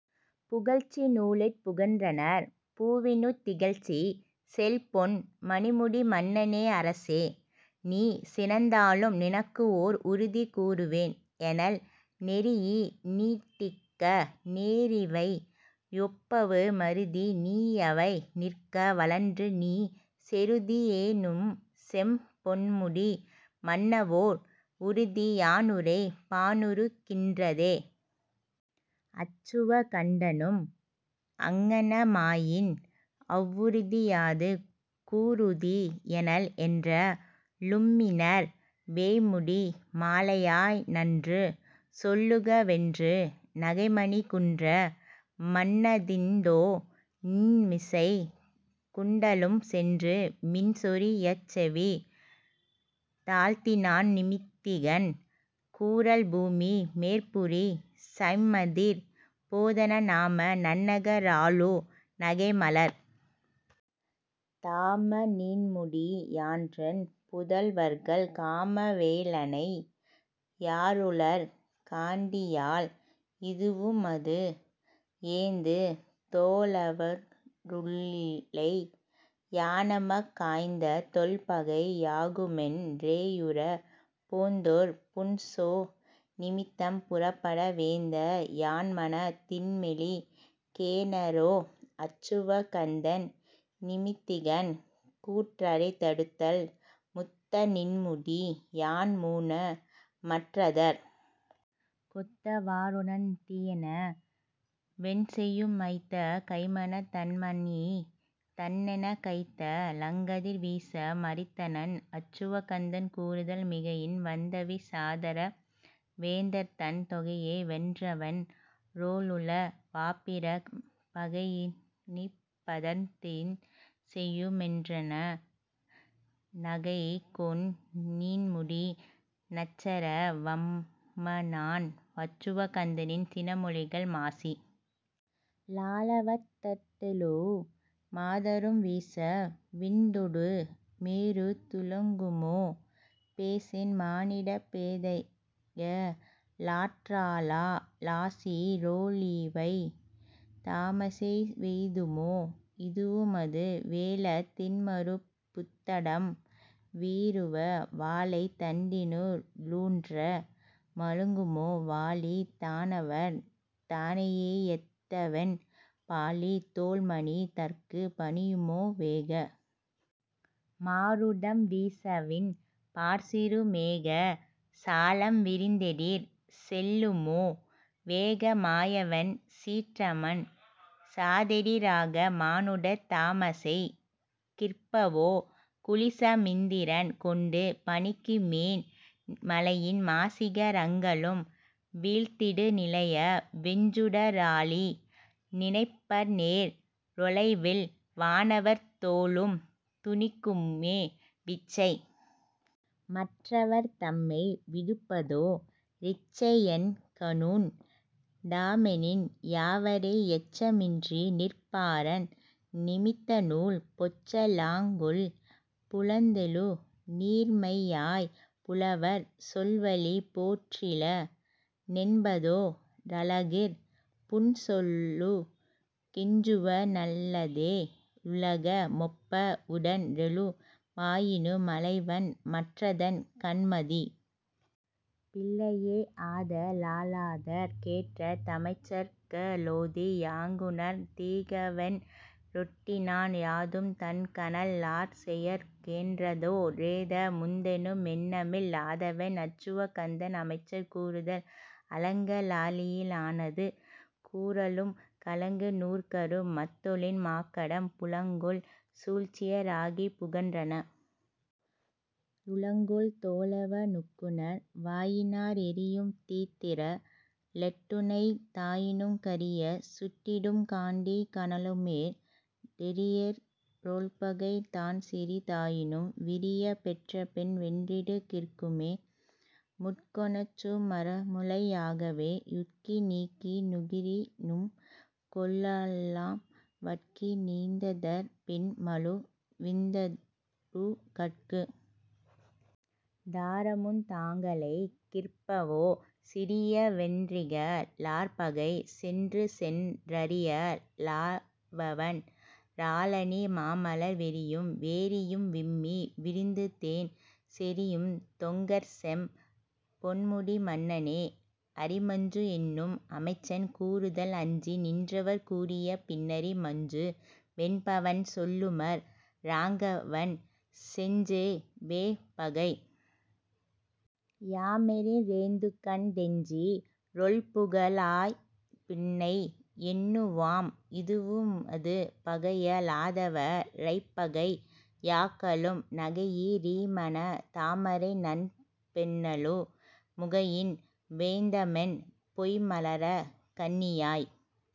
புகழ்ச்சி நூலுட் புகன்றனர் பூவினுட் டிகழ்ச்சி செல்பொன் மணிமுடி மன்னனே அரசே! நீ சினந்தாலும் நினக்கு ஓர் உறுதி கூறுவேன் எனல் நெறியி னீதிக்க னேரிவை யொப்பவு மறிதி நீயவை நிற்க வழன்று நீ செறுதி யேனுஞ்செம் பொன்முடி மன்னவோர் உறுதி யானுரைப் பானுறு கின்றதே அச்சுவக்கண்டனும் அங்ஙனமாயின் அவ்வுறுதி யாது கூறுதி எனல் என்ற லும்மிணர் வேய்முடி மாலையா னன்று சொல்லுக வென்று நகைமணிக் குன்ற மன்னதிண் டோ ண்மிசைக் குண்டலஞ் சென்று மின்சொரி யச்செவி தாழ்த்தினான் நிமித்திகன் கூறல் பூமி மேற்புரி சைம்மதிற் போதன நாம நன்னக ராளு நகைமலர்த் தாம நீண்முடி யான்றன் புதல்வர்கள் காம வேளனை யாருளர் காண்டியால் இதுவுமது ஏந்து தோளவ ருள்ளிளை யானமக் காய்ந்த தொல்பகை யாகுமென் றேயுறப் போந்தொர் புன்சொ னிமித்தம் புறப்பட வேந்த யான்மனத் தின்மெலி கேனரோ அச்சுவக்கண்டன் நிமித்திகன் கூற்றைத் தடுத்தல் முத்த நிண்முடி யான்மூன்ன மற்றதற் கொத்த வாறுணர்ந் தீயென வென்செயு மைத்த கைமனத் தன்மணித் தன்னெனக் கைத்த லங்கதிர் வீச மறித்தனன் அச்சுவக்கண்டன் கூறுதல் மிகையின் வந்தவிச் சாதர வேந்தர்தந் தொகையை வென்றவென் றோளுள வாப்பிற பகையி னிப்படர்ந் தென்செயு மென்றன னகைகொ ணீண்முடி நச்சர வம்மனான் அச்சுவக்கண்டனின் சினமொழிகள் மாசி லாலவட் டத்தெழு மாதரும் வீச விண்டொடு மேருத் துளங்குமோ பேசின் மானிடப் பேதைக ளாற்றலா லாசி றோளிவை தாமசை வெய்துமோ இதுவுமது வேழத் தின்மருப் புத்தடம் வீறுவ வாழைத் தண்டினு ளூன்ற மழுங்குமோ வாழித் தானவர் தானையை யட்டவென் பாழித் தோள்மனித் தர்க்குப் பணியுமோ வேக மாருதம் வீசவிண் பாற்சிறு மேக சாலம் விரிந்தெதிர் செல்லுமோ வேக மாயவென் சீற்றமஞ் சாதெதி ராக மானுடர் தாமசை கிற்பவோ குலிச மிந்திரன் கொண்டு பணிக்கு மேன் மலையின் மாசிக ரங்களும் வீழ்த்திடு நிலைய வெஞ்சுட ராழி நினைப்பனேற் றொலைவில் வானவர் தோளுந் துணிக்குமே விச்சை மற்றவர் தம்மை விடுப்பதோ ரிச்சை யென்கணுண் டாமெனின் யாவரே யச்ச மின்றி நிற் பாரந் நிமித்த நூல் பொச்ச லாங்கொல் புலந் தெழு நீர்மையாய் புலவர் சொல்வழி போற்றில னென்பதோ ரலகிற் புன்சொலுக் கெஞ்சுவ னல்லதே லுலக மொப்ப வுடன்றெழு மாயினு மலைவன் மற்றதன் கண்மதிப் பில்லையே ஆத லாலாதற் கேற்ற தமைச்சர்க ளோதி யாங்குணர்ந் தீகவென் றொட்டினான் யாதுந் தன்கணல் லார்செயற் கேன்றதோ ரேத முண்டெனு மெண்ணமில் லாதவன் அச்சுவக் கண்டன் அமைச்சர் கூறுதல் அலங்க லாழியி னானது கூறலுங் கலங்கு நூற்கரு மத்தொழின் மாக்கடம் புலங்கொள் சூழ்ச்சிய ராகிப் புகன்றன ருலங்கொள் தோளவ னுக்குணர் வாயினார் எரியுந் தீத்திர ளெட்டுணைத் தாயினுங் கரியச் சுட்டிடுங் காந்திக் கனலுமேற் றெரியிற் றொல்பகை தான்சிறி தாயினும் விரியப் பெற்றபின் வென்றிடு கிற்குமே முட்கொணச்சு மரமுளை யாகவே யுட்கி நீக்கி னுகிரினுங் கொல்லலாம் வட்கி நீண்டதற் பின் மழு வுந்தறு கட்கு டாரமுந் தாங்களை கிற்பவோ சிறிய வென்றிக ழார்பகை சென்றுசென் றறிய லாவவன் றாலணி மாமலர் வெறியும் வேரியும் விம்மி விரிந்துதேன் செறியுந் தொங்கற்செம் பொன்முடி மன்னனே அரிமஞ்சு என்னும் அமைச்சன் கூறுதல் அஞ்சி நின்றவர் கூறிய பின்னரி மஞ்சு வென்பவன் சொல்லுமற் றாங்கவன் செஞ்செ வேபகை யாமெனிற் றேர்ந்துகண் டெஞ்சி றொல்புக ழாய்பின்னை யெண்ணுவாம் இதுவுமது பகைய லாதவ ரைப்பகை யாக்கலும் நகையி றீமனத் தாமரை நண் பெண்ணலு முகையின் வேய்ந்தமென் மொய்ம்மலர்க் கண்ணியாய்